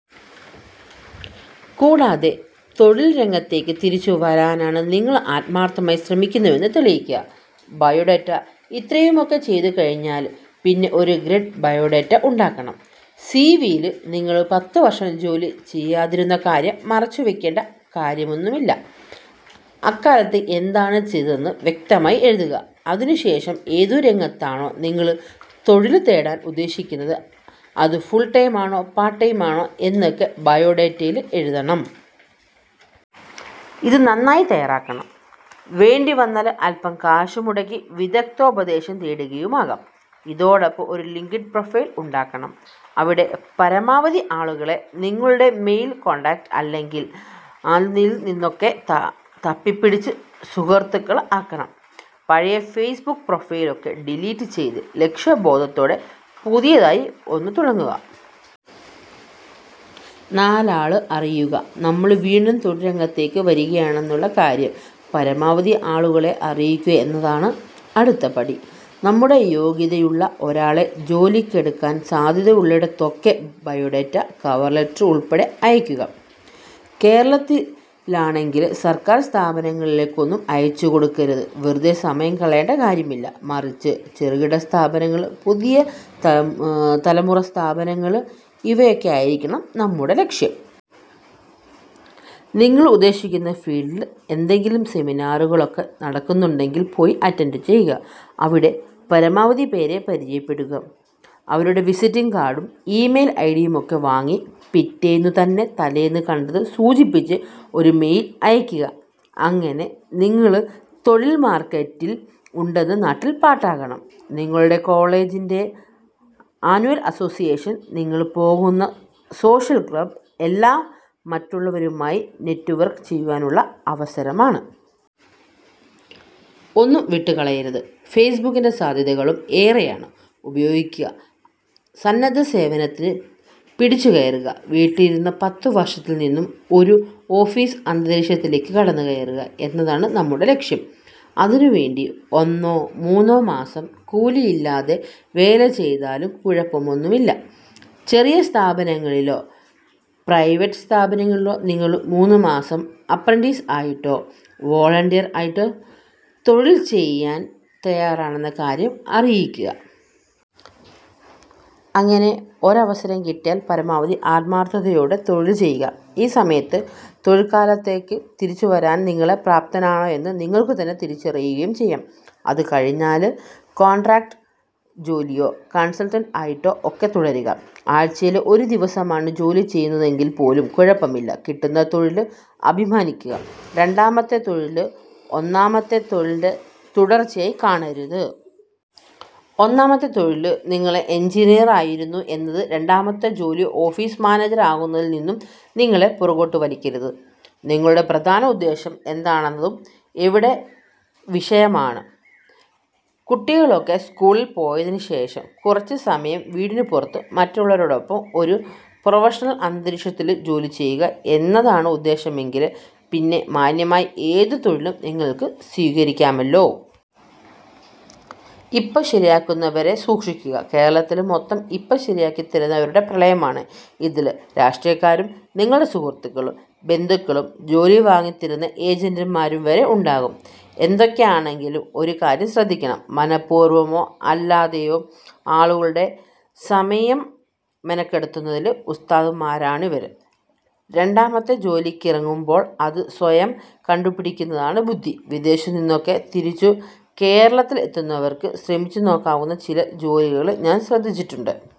കൂടാതെ തൊഴില്രംഗത്തേക്ക് തിരിച്ചുവരാന് നിങ്ങള് ആത്മാര്ഥമായി ശ്രമിക്കുന്നുവെന്ന് തെളിയിക്കുക. ബയോഡേറ്റ ഇത്രയുമൊക്കെ ചെയ്തുകഴിഞ്ഞാല് പിന്നെ ഒരുഗ്രന് ബയോഡാറ്റ ഉണ്ടാക്കണം. സിവിയില് നിങ്ങള് പത്തുവര്ഷം ജോലി ചെയ്യാതിരുന്ന കാര്യം മറച്ചുവെക്കേണ്ട കാര്യമൊന്നുമില്ല. അക്കാലത്ത് എന്താണ് ചെയ്തതെന്ന് വ്യക്തമായി എഴുതുക. അതിനുശേഷം ഏതു രംഗത്താണോ നിങ്ങള് തൊഴില് നേടാന് ഉദ്ദേശിക്കുന്നത് അത് ഫുള് ടൈമാണോ പാര്ട്ട് ടൈമാണോ എന്നൊക്കെ ബയോഡേറ്റയില് എഴുതണം. ഇത് നന്നായി തയ്യാറാക്കണം. വേണ്ടിവന്നാല് അല്പ്പം കാശ് മുടക്കി വിദഗ്ദ്ധോപദേശം തേടുകയുമാകാം. ഇതോടൊപ്പം ഒരു ലിങ്ക്ഡ് ഇന് പ്രൊഫൈല് ഉണ്ടാക്കണം, അവിടെ പരമാവധി ആളുകളെ നിങ്ങളുടെ മെയില് കോണ്ടാക്ട് അല്ലെങ്കില് അലുംനിയില് നിന്നൊക്കെ തപ്പിപ്പിടിച്ച് സുഹൃത്തുക്കള് ആക്കണം. പഴയ ഫെയ്സ്ബുക്ക് പ്രൊഫൈല് ഒക്കെ ഡിലീറ്റ് ചെയ്ത് ലക്ഷ്യബോധത്തോടെ പുതിയതായി ഒന്ന് തുടങ്ങുക. നാലാൾ അറിയുക നമ്മള് വീണ്ടും തൊഴിൽ രംഗത്തേക്ക് വരികയാണെന്നുള്ള കാര്യം പരമാവധി ആളുകളെ അറിയിക്കുക എന്നതാണ് അടുത്ത പടി. നമ്മുടെ യോഗ്യതയുള്ള ഒരാളെ ജോലിക്കെടുക്കാന് സാധ്യതയുള്ളിടത്തൊക്കെ ബയോഡേറ്റ, കവര് ലെറ്റര് ഉള്പ്പെടെ അയയ്ക്കുക. കേരളത്തിലാണെങ്കില് സര്ക്കാര് സ്ഥാപനങ്ങളിലേക്കൊന്നും അയച്ചുകൊടുക്കരുത് വെറുതെ സമയം കളയേണ്ട കാര്യമില്ല. മറിച്ച് ചെറുകിട സ്ഥാപനങ്ങള്, പുതിയ തലമുറ സ്ഥാപനങ്ങള് ഇവയൊക്കെയായിരിക്കണം നമ്മുടെ ലക്ഷ്യം. നിങ്ങള് ഉദ്ദേശിക്കുന്ന ഫീല്ഡില് എന്തെങ്കിലും സെമിനാറുകളൊക്കെ നടക്കുന്നുണ്ടെങ്കില് പോയി അറ്റന്റ് ചെയ്യുക, അവിടെ പരമാവധി പേരെ പരിചയപ്പെടുക, അവരുടെ വിസിറ്റിംഗ് കാര്ഡും ഈമെയില് ഐഡിയുമൊക്കെ വാങ്ങി പിറ്റേന്നുതന്നെ തലേന്ന് കണ്ടത് സൂചിപ്പിച്ച് ഒരു മെയില് അയക്കുക. അങ്ങനെ നിങ്ങള് തൊഴില് മാര്ക്കറ്റില് ഉണ്ടെന്ന് നാട്ടില് പാട്ടാക്കണം. നിങ്ങളുടെ കോളേജിന്റെ അനുൽ അസോസിയേഷന്, നിങ്ങള് പോകുന്ന സോഷ്യല് ക്ലബ് എല്ലാം മറ്റുള്ളവരുമായി നെറ്റ്‌വർക് ചെയ്യാനുള്ള അവസരമാണ്. ഒന്നും വിട്ടുകളയരുത്. ഫെയ്സ്ബുക്കിന്റെ സാധ്യതകളും ഏറെയാണ്, ഉപയോഗിക്കുക. സന്നദ്ധസേവനത്തില് പിടിച്ചുകയറുക വീട്ടിലിരുന്ന പത്തുവര്ഷത്തില് നിന്നും ഒരു ഓഫീസ് അന്തരീക്ഷത്തിലേക്ക് കടന്നുകയറുക എന്നതാണ് നമ്മുടെ ലക്ഷ്യം. അതിനുവേണ്ടി ഒന്നോ മൂന്നോ മാസം കൂലിയില്ലാതെ വേല ചെയ്താലും കുഴപ്പമൊന്നുമില്ല. ചെറിയ സ്ഥാപനങ്ങളിലോ പ്രൈവറ്റ് സ്ഥാപനങ്ങളിലോ നിങ്ങള് മൂന്നുമാസം 'അപ്രന്റീസ്' ആയിട്ടോ 'വോളണ്ടിയര്' ആയിട്ടോ തൊഴില് ചെയ്യാന് തയ്യാറാണെന്ന കാര്യം അറിയിക്കുക. അങ്ങനെ ഒരവസരം കിട്ടിയാല് പരമാവധി ആത്മാര്ത്ഥതയോടെ തൊഴില് ചെയ്യുക. ഈ സമയത്ത് തൊഴില്ക്കാലത്തേക്ക് തിരിച്ചുവരാന് നിങ്ങള് പ്രാപ്തനാണോ എന്ന് നിങ്ങള്ക്കുതന്നെ തിരിച്ചറിയുകയും ചെയ്യാം. അത് കഴിഞ്ഞാല് കോണ്ട്രാക്ട് ജോലിയോ കണ്സല്ട്ടന്റ് ആയിട്ടോ ഒക്കെ തുടരുക. ആഴ്ചയില് ഒരു ദിവസമാണ് ജോലി ചെയ്യുന്നതെങ്കില് പോലും കുഴപ്പമില്ല. കിട്ടുന്ന തൊഴിലില് അഭിമാനിക്കുക രണ്ടാമത്തെ തൊഴില് ഒന്നാമത്തെ തൊഴിലിന്റെ തുടര്ച്ചയായി കാണരുത്. ഒന്നാമത്തെ തൊഴിലില് നിങ്ങള് എന്ജിനീയറായിരുന്നു എന്നത് രണ്ടാമത്തെ ജോലി ഓഫീസ് മാനേജര് ആകുന്നതില് നിന്നും നിങ്ങളെ പുറകോട്ടു വലിക്കരുത്. നിങ്ങളുടെ പ്രധാന ഉദ്ദേശ്യം എന്താണെന്നതും ഇവിടെ വിഷയമാണ്. കുട്ടികളൊക്കെ സ്കൂളില് പോയതിനുശേഷം കുറച്ചുസമയം വീടിനു പുറത്ത് മറ്റുള്ളവരോടൊപ്പം ഒരു പ്രൊഫഷണല് അന്തരീക്ഷത്തില് ജോലി ചെയ്യുക എന്നതാണ് ഉദ്ദേശമെങ്കില് പിന്നെ മാന്യമായ ഏതു തൊഴിലും നിങ്ങള്ക്ക് സ്വീകരിക്കാമല്ലോ. 'ഇപ്പ ശരിയാക്കുന്ന'വരെ സൂക്ഷിക്കുക കേരളത്തില് മൊത്തം 'ഇപ്പ ശരിയാക്കിത്തരുന്ന'വരുടെ പ്രളയമാണ്. ഇതില് രാഷ്ട്രീയക്കാരും, നിങ്ങളുടെ സുഹൃത്തുക്കളും, ബന്ധുക്കളും, ജോലി വാങ്ങിത്തരുന്ന ഏജന്റുമാരും വരെ ഉണ്ടാകാം. എന്തൊക്കെയാണെങ്കിലും ഒരു കാര്യം ശ്രദ്ധിക്കണം. മനഃപൂര്വമോ അല്ലാതെയോ ആളുകളുടെ സമയം മെനക്കെടുത്തുന്നതില് ഉസ്താദുമാര് ആണിവര്. രണ്ടാമത്തെ ജോലിക്കിറങ്ങുമ്പോള് അത് സ്വയം കണ്ടുപിടിക്കുന്നതാണ് ബുദ്ധി. വിദേശത്തു നിന്നൊക്കെ തിരിച്ചു കേരളത്തില് എത്തുന്നവര്ക്ക് ശ്രമിച്ചുനോക്കാവുന്ന ചില ജോലികള് ഞാന് ശ്രദ്ധിച്ചിട്ടുണ്ട്.